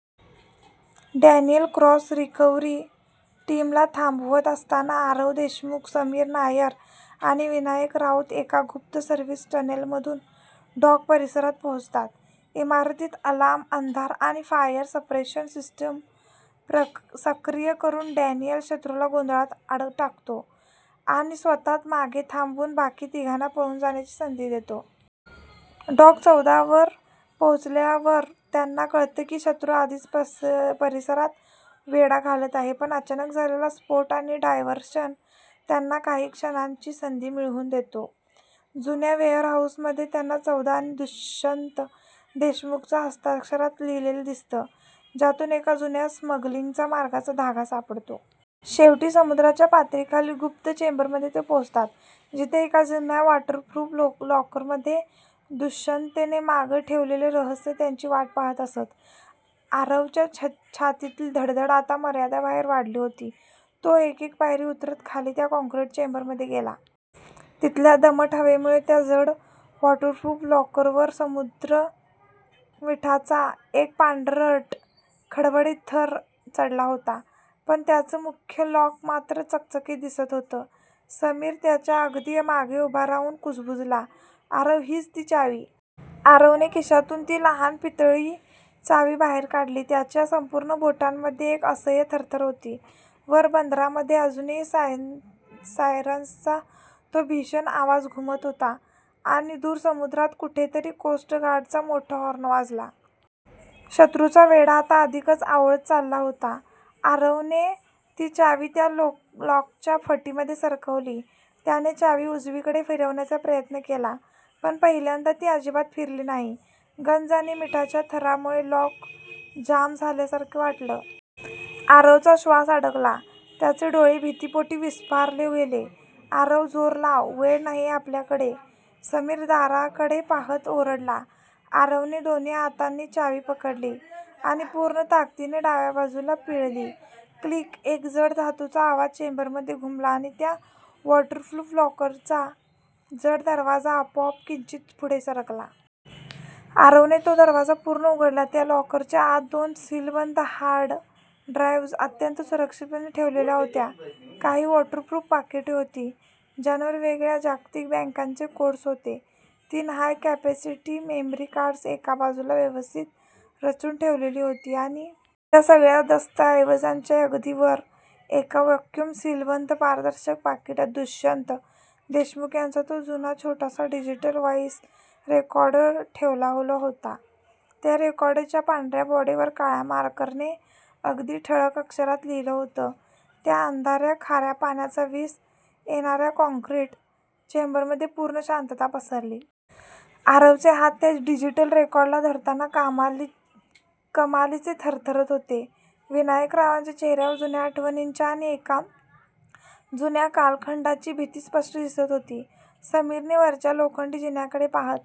Daniel Cross recovery टीमला थांबवत असताना आरव देशमुख, समीर नायर आणि विनायक राऊत एका गुप्त सर्व्हिस टनेलमधून डॉक परिसरात पोहोचतात. इमारतीत अलार्म, अंधार आणि फायर सप्रेशन सिस्टम सक्रिय करून डॅनियल शत्रूला गोंधळात टाकतो आणि स्वतः मागे थांबून बाकी तिघांना पळून जाण्याची संधी देतो. डॉक चौदा वर पोहोचल्यावर त्यांना कळतं की शत्रू आधीच परिसराला वेढा घालत आहे, पण अचानक झालेला स्फोट आणि डायव्हर्शन त्यांना काही क्षणांची संधी मिळवून देतो. जुन्या वेअरहाऊसमध्ये त्यांना "चौदा " आणि दुष्यंत देशमुखच्या हस्ताक्षरात लिहिलेलं दिसतं, ज्यातून एका जुन्या स्मगलिंग मार्गाचा धागा सापडतो. शेवटी समुद्राच्या पातळीखालील गुप्त चेंबरमध्ये ते पोहोचतात, जिथे एका जुन्या वॉटरप्रूफ लॉकरमध्ये दुष्यंतने मागे ठेवलेलं रहस्य त्यांची वाट पाहत असतं. आरवच्या छातीतली धडधड आता मर्यादेबाहेर वाढली होती. तो एक-एक पायरी उतरत खाली त्या काँक्रीट चेंबरमध्ये गेला. तिथल्या दमट हवेमुळे त्या जड वॉटरप्रूफ लॉकरवर समुद्री मिठाचा एक पांढरट, खडबडीत थर चढला होता. पण त्याचं मुख्य लॉक मात्र चकचकीत दिसत होतं. समीर त्याच्या अगदी मागे उभा राहून कुजबुजला, "आरव, हीच ती चावी? आरवने खिशातून ती लहान, पितळी चावी बाहेर काढली. त्याच्या संपूर्ण बोटांमध्ये एक असह्य थरथर होती. वर बंदरामध्ये अजूनही सायरन्सचा तो भीषण आवाज घुमत होता आणि दूर समुद्रात कुठेतरी कोस्ट गार्डचा मोठा हॉर्न वाजला. शत्रूचा वेढा आता अधिकच आवळत चालला होता. आरवने ती चावी त्या लॉकच्या फटीमध्ये सरकवली. त्याने चावी उजवीकडे फिरवण्याचा प्रयत्न केला, पण पहिल्यांदा ती अजिबात फिरली नाही. गंज आणि मिठाच्या थरामुळे लॉक जाम झाल्यासारखं वाटलं. आरवचा श्वास अडकला. त्याचे डोळे भीतीपोटी विस्फारले गेले. "आरव, जोर लाव! वेळ नाहीये आपल्याकडे! " समीर दाराकडे पाहत ओरडला. आरवने दोन्ही हातांनी चावी पकडली आणि पूर्ण ताकदीने डाव्या बाजूला पिळली. क्लिक. एक जड, धातूचा आवाज चेंबरमध्ये घुमला आणि त्या वॉटरप्रूफ लॉकरचा जड दरवाजा आपोआप किंचित पुढे सरकला. आरवने तो दरवाजा पूर्ण उघडला. त्या लॉकरच्या आत दोन सीलबंद हार्ड ड्राईव्ह्ज अत्यंत सुरक्षितपणे ठेवलेल्या होत्या. काही वॉटरप्रूफ पाकिटे होती, ज्यांवर वेगवेगळ्या जागतिक बँकांचे कोड्स होते. तीन हाय-कॅपेसिटी मेमरी कार्ड्स एका बाजूला व्यवस्थित रचून ठेवलेली होती आणि... त्या सगळ्या दस्तऐवजांच्या अगदी वर, एका व्हॅक्यूम-सीलबंद पारदर्शक पाकिटात दुष्यंत देशमुख यांचा तो जुना, छोटासा डिजिटल व्हाईस रेकॉर्डर ठेवलेला होता. त्या रेकॉर्डरच्या पांढऱ्या बॉडीवर काळ्या मार्करने अगदी ठळक अक्षरात लिहिलं होतं. त्या अंधाऱ्या, खाऱ्या पाण्याचा वास येणाऱ्या काँक्रीट चेंबरमध्ये पूर्ण शांतता पसरली. आरवचे हात त्या डिजिटल रेकॉर्डरला धरताना कमालीचे थरथरत होते. विनायकरावांच्या चेहऱ्यावर जुन्या आठवणींची आणि एका जुन्या कालखंडाची भीती स्पष्ट दिसत होती. समीरने वरच्या लोखंडी जिन्याकडे पाहत--